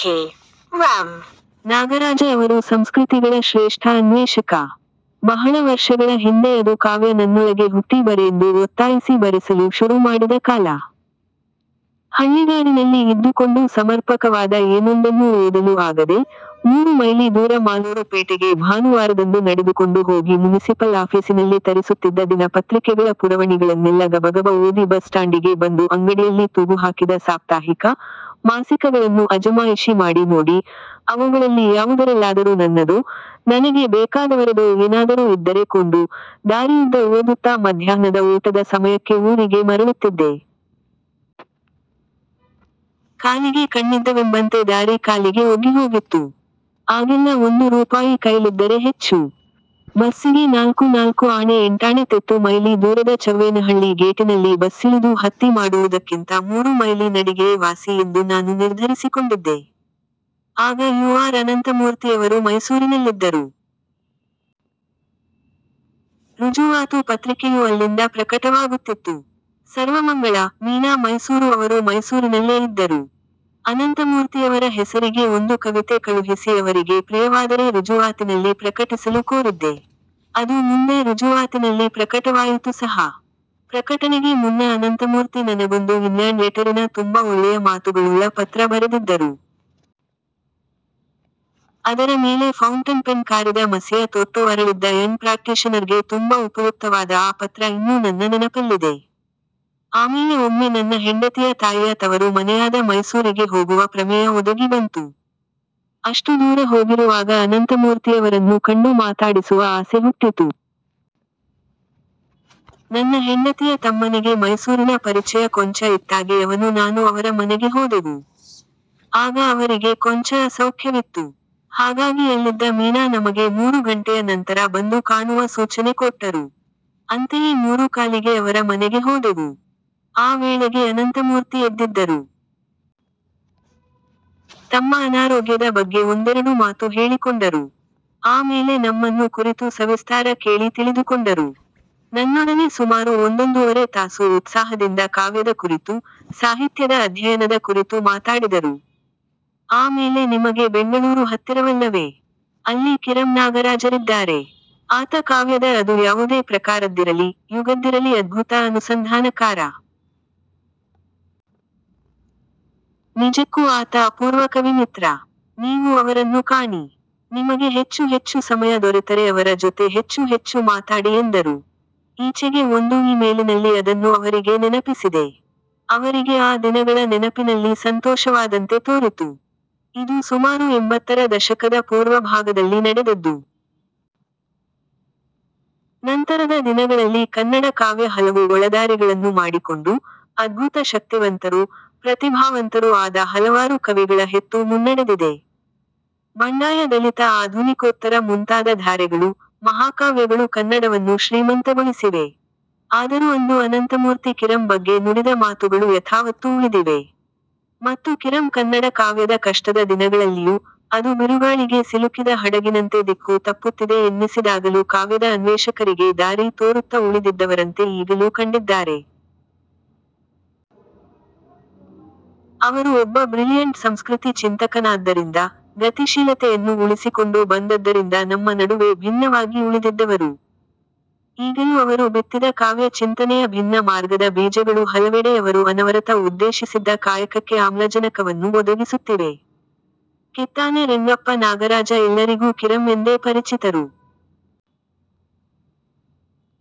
ಕಿ. ರಂ. ನಾಗರಾಜ ಅವರು ಸಂಸ್ಕೃತಿಗಳ ಶ್ರೇಷ್ಠ ಅನ್ವೇಷಕ. ಬಹಳ ವರ್ಷಗಳ ಹಿಂದೆ ಅದು ಕಾವ್ಯ ನನ್ನೊಳಗೆ ಹುಟ್ಟಿ ಬರೆಯೆಂದು ಒತ್ತಾಯಿಸಿ ಬರೆಸಲು ಶುರು ಮಾಡಿದ ಕಾಲ. ಹಳ್ಳಿಗಾಡಿನಲ್ಲಿ ಇದ್ದುಕೊಂಡು ಸಮರ್ಪಕವಾದ ಏನೊಂದನ್ನೂ ಓದಲು ಆಗದೆ, ಮೂರು ಮೈಲಿ ದೂರ ಮಾಲೂರು ಪೇಟೆಗೆ ಭಾನುವಾರದಂದು ನಡೆದುಕೊಂಡು ಹೋಗಿ ಮುನಿಸಿಪಲ್ ಆಫೀಸಿನಲ್ಲಿ ತರಿಸುತ್ತಿದ್ದ ದಿನ ಪತ್ರಿಕೆಗಳ ಪುರವಣಿಗಳನ್ನೆಲ್ಲ ಗಬಗಬ ಓದಿ ಬಸ್ ಸ್ಟಾಂಡಿಗೆ ಬಂದು ಅಂಗಡಿಯಲ್ಲಿ ತೂಗುಹಾಕಿದ ಸಾಪ್ತಾಹಿಕ, ಮಾಸಿಕಗಳನ್ನು ಅಜಮಾಯಿಶಿ ಮಾಡಿ ನೋಡಿ, ಅವುಗಳಲ್ಲಿ ಯಾವುದರಲ್ಲಾದರೂ ನನ್ನದೋ, ನನಗೆ ಬೇಕಾದವರದೋ ಏನಾದರೂ ಇದ್ದರೆ ಕೊಂಡು, ದಾರಿಯುದ್ದ ಓದುತ್ತಾ ಮಧ್ಯಾಹ್ನದ ಊಟದ ಸಮಯಕ್ಕೆ ಊರಿಗೆ ಮರಳುತ್ತಿದ್ದೆ. ಕಾಲಿಗೆ ಕಣ್ಣಿದ್ದವೆಂಬಂತೆ ದಾರಿ ಕಾಲಿಗೆ ಒಗ್ಗಿಹೋಗಿತ್ತು. ಆಗೆಲ್ಲ ಒಂದು ರೂಪಾಯಿ ಕೈಲಿದ್ದರೆ ಹೆಚ್ಚು. ಬಸ್ಸಿಗೆ ನಾಲ್ಕು ನಾಲ್ಕು ಆಣೆ ಎಂಟಾಣೆ ತೆತ್ತು ಮೈಲಿ ದೂರದ ಚವ್ವೇನಹಳ್ಳಿ ಗೇಟಿನಲ್ಲಿ ಬಸ್ಸಿಳಿದು ಹತ್ತಿ ಮಾಡುವುದಕ್ಕಿಂತ ಮೂರು ಮೈಲಿ ನಡಿಗೆಯೇ ವಾಸಿ ಎಂದು ನಾನು ನಿರ್ಧರಿಸಿಕೊಂಡಿದ್ದೆ. ಆಗ ಯು ಆರ್ ಅನಂತಮೂರ್ತಿಯವರು ಮೈಸೂರಿನಲ್ಲಿದ್ದರು. ರುಜುವಾತು ಪತ್ರಿಕೆಯೂ ಅಲ್ಲಿಂದ ಪ್ರಕಟವಾಗುತ್ತಿತ್ತು. ಸರ್ವಮಂಗಳ, ಮೀನಾ ಮೈಸೂರು ಅವರೂ ಮೈಸೂರಿನಲ್ಲೇ ಇದ್ದರು. ಅನಂತಮೂರ್ತಿಯವರ ಹೆಸರಿಗೇ ಒಂದು ಕವಿತೆ ಕಳುಹಿಸಿ ಅವರಿಗೆ ಪ್ರಿಯವಾದರೆ ರುಜುವಾತಿನಲ್ಲಿ ಪ್ರಕಟಿಸಲು ಕೋರಿದ್ದೆ. ಅದು ಮುಂದೆ ರುಜುವಾತಿನಲ್ಲಿ ಪ್ರಕಟವಾಯಿತು ಸಹ. ಪ್ರಕಟಣೆಗೆ ಮುನ್ನ ಅನಂತಮೂರ್ತಿ ನನಗೊಂದು ಇನ್ಲ್ಯಾಂಡ್ ಲೆಟರಿನ ತುಂಬ ಒಳ್ಳೆಯ ಮಾತುಗಳುಳ್ಳ ಪತ್ರ ಬರೆದಿದ್ದರು. ಅದರ ಮೇಲೆ ಫೌಂಟನ್ ಪೆನ್ ಕಾರಿದ ಮಸಿಯ ತೊಟ್ಟು ಅರಳಿದ್ದ ಯಂಗ್ ಪ್ರಾಕ್ಟೀಶನರ್ಗೆ ತುಂಬ ಉಪಯುಕ್ತವಾದ ಆ ಪತ್ರ ಇನ್ನೂ ನನ್ನ ನೆನಪಲ್ಲಿದೆ. ಆಮೇಲೆ ಒಮ್ಮೆ ನನ್ನ ಹೆಂಡತಿಯ ತಾಯಿಯ ತವರು ಮನೆಯಾದ ಮೈಸೂರಿಗೆ ಹೋಗುವ ಪ್ರಮೇಯ ಒದಗಿ ಬಂತು. ಅಷ್ಟು ದೂರ ಹೋಗಿರುವಾಗ ಅನಂತಮೂರ್ತಿಯವರನ್ನು ಕಂಡು ಮಾತಾಡಿಸುವ ಆಸೆ ಹುಟ್ಟಿತು. ನನ್ನ ಹೆಂಡತಿಯ ತಮ್ಮನಿಗೆ ಮೈಸೂರಿನ ಪರಿಚಯ ಕೊಂಚ ಇತ್ತಾಗಿ ಅವನೂ ನಾನೂ ಅವರ ಮನೆಗೆ ಹೋದೆವು. ಆಗ ಅವರಿಗೆ ಕೊಂಚ ಅಸೌಖ್ಯವಿತ್ತು. ಹಾಗಾಗಿ ಅಲ್ಲಿದ್ದ ಮೀನಾ ನಮಗೆ ಮೂರು ಘಂಟೆಯ ನಂತರ ಬಂದು ಕಾಣುವ ಸೂಚನೆ ಕೊಟ್ಟರು. ಅಂತೆಯೇ ಮೂರೂಕಾಲಿಗೆ ಅವರ ಮನೆಗೆ ಹೋದೆವು. ಆ ವೇಳೆಗೆ ಅನಂತಮೂರ್ತಿ ಎದ್ದಿದ್ದರು. ತಮ್ಮ ಅನಾರೋಗ್ಯದ ಬಗ್ಗೆ ಒಂದೆರಡು ಮಾತು ಹೇಳಿಕೊಂಡರು. ಆ ಮೇಲೆ ನಮ್ಮನ್ನು ಕುರಿತು ಸವಿಸ್ತಾರ ಕೇಳಿ ತಿಳಿದುಕೊಂಡರು. ನನ್ನೊಡನೆ ಸುಮಾರು ಒಂದೊಂದೂವರೆ ತಾಸು ಉತ್ಸಾಹದಿಂದ ಕಾವ್ಯದ ಕುರಿತು, ಸಾಹಿತ್ಯದ ಅಧ್ಯಯನದ ಕುರಿತು ಮಾತಾಡಿದರು. ಆ ಮೇಲೆ ನಿಮಗೆ ಬೆಂಗಳೂರು ಹತ್ತಿರವಲ್ಲವೇ? ಅಲ್ಲಿ ಕಿರಂ ನಾಗರಾಜರಿದ್ದಾರೆ. ಆತ ಕಾವ್ಯದ ಅದು ಯಾವುದೇ ಪ್ರಕಾರದ್ದಿರಲಿ, ಯುಗದ್ದಿರಲಿ ಅದ್ಭುತ ಅನುಸಂಧಾನಕಾರ. ನಿಜಕ್ಕೂ ಆತ ಅಪೂರ್ವ ಕವಿಮಿತ್ರ. ನೀವು ಅವರನ್ನು ಕಾಣಿ. ನಿಮಗೆ ಹೆಚ್ಚು ಹೆಚ್ಚು ಸಮಯ ದೊರೆತರೆ ಅವರ ಜೊತೆ ಹೆಚ್ಚು ಹೆಚ್ಚು ಮಾತಾಡಿ ಎಂದರು. ಈಚೆಗೆ ಒಂದು ಇ ಮೇಲಿನಲ್ಲಿ ಅದನ್ನು ಅವರಿಗೆ ನೆನಪಿಸಿದೆ. ಅವರಿಗೆ ಆ ದಿನಗಳ ನೆನಪಿನಲ್ಲಿ ಸಂತೋಷವಾದಂತೆ ತೋರಿತು. ಇದು ಸುಮಾರು ಎಂಬತ್ತರ ದಶಕದ ಪೂರ್ವಭಾಗದಲ್ಲಿ ನಡೆದದ್ದು. ನಂತರದ ದಿನಗಳಲ್ಲಿ ಕನ್ನಡ ಕಾವ್ಯ ಹಲವು ಒಳದಾರಿಗಳನ್ನು ಮಾಡಿಕೊಂಡು, ಅದ್ಭುತ ಶಕ್ತಿವಂತರೂ, ಪ್ರತಿಭಾವಂತರೂ ಆದ ಹಲವಾರು ಕವಿಗಳ ಹೆತ್ತು ಮುನ್ನಡೆದಿದೆ. ಬಂಡಾಯ ದಲಿತ ಆಧುನಿಕೋತ್ತರ ಮುಂತಾದ ಧಾರೆಗಳು, ಮಹಾಕಾವ್ಯಗಳು ಕನ್ನಡವನ್ನು ಶ್ರೀಮಂತಗೊಳಿಸಿವೆ. ಆದರೂ ಅಂದು ಅನಂತಮೂರ್ತಿ ಕಿರಂ ಬಗ್ಗೆ ನುಡಿದ ಮಾತುಗಳು ಯಥಾವತ್ತು ಉಳಿದಿವೆ. ಮತ್ತು ಕಿರಂ ಕನ್ನಡ ಕಾವ್ಯದ ಕಷ್ಟದ ದಿನಗಳಲ್ಲಿಯೂ, ಅದು ಬಿರುಗಾಳಿಗೆ ಸಿಲುಕಿದ ಹಡಗಿನಂತೆ ದಿಕ್ಕು ತಪ್ಪುತ್ತಿದೆ ಎನ್ನಿಸಿದಾಗಲೂ ಕಾವ್ಯದ ಅನ್ವೇಷಕರಿಗೆ ದಾರಿ ತೋರುತ್ತ ಉಳಿದಿದ್ದವರಂತೆ ಈಗಲೂ ಕಂಡಿದ್ದಾರೆ. ಅವರು ಒಬ್ಬ ಬ್ರಿಲಿಯಂಟ್ ಸಂಸ್ಕೃತಿ ಚಿಂತಕನಾದ್ದರಿಂದ, ಗತಿಶೀಲತೆಯನ್ನು ಉಳಿಸಿಕೊಂಡು ಬಂದದ್ದರಿಂದ ನಮ್ಮ ನಡುವೆ ಭಿನ್ನವಾಗಿ ಉಳಿದಿದ್ದವರು. ಈಗಲೂ ಅವರು ಬಿತ್ತಿದ ಕಾವ್ಯ ಚಿಂತನೆಯ ಭಿನ್ನ ಮಾರ್ಗದ ಬೀಜಗಳು ಹಲವೆಡೆ ಅವರು ಅನವರತ ಉದ್ದೇಶಿಸಿದ್ದ ಕಾಯಕಕ್ಕೆ ಆಮ್ಲಜನಕವನ್ನು ಒದಗಿಸುತ್ತಿವೆ. ಕಿತ್ತಾನೆ ರಂಗಪ್ಪ ನಾಗರಾಜ ಎಲ್ಲರಿಗೂ ಕಿರಂ ಎಂದೇ ಪರಿಚಿತರು.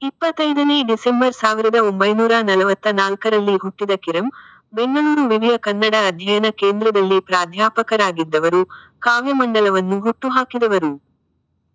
ಇಪ್ಪತೈದನೇ ಡಿಸೆಂಬರ್ ಸಾವಿರದ ಒಂಬೈನೂರಾ ನಲವತ್ತ ನಾಲ್ಕರಲ್ಲಿ ಹುಟ್ಟಿದ ಕಿರಂ, ಬೆಂಗಳೂರು ವಿವಿಯ ಕನ್ನಡ ಅಧ್ಯಯನ ಕೇಂದ್ರದಲ್ಲಿ ಪ್ರಾಧ್ಯಾಪಕರಾಗಿದ್ದವರು, ಕಾವ್ಯಮಂಡಲವನ್ನು ಹುಟ್ಟುಹಾಕಿದವರು.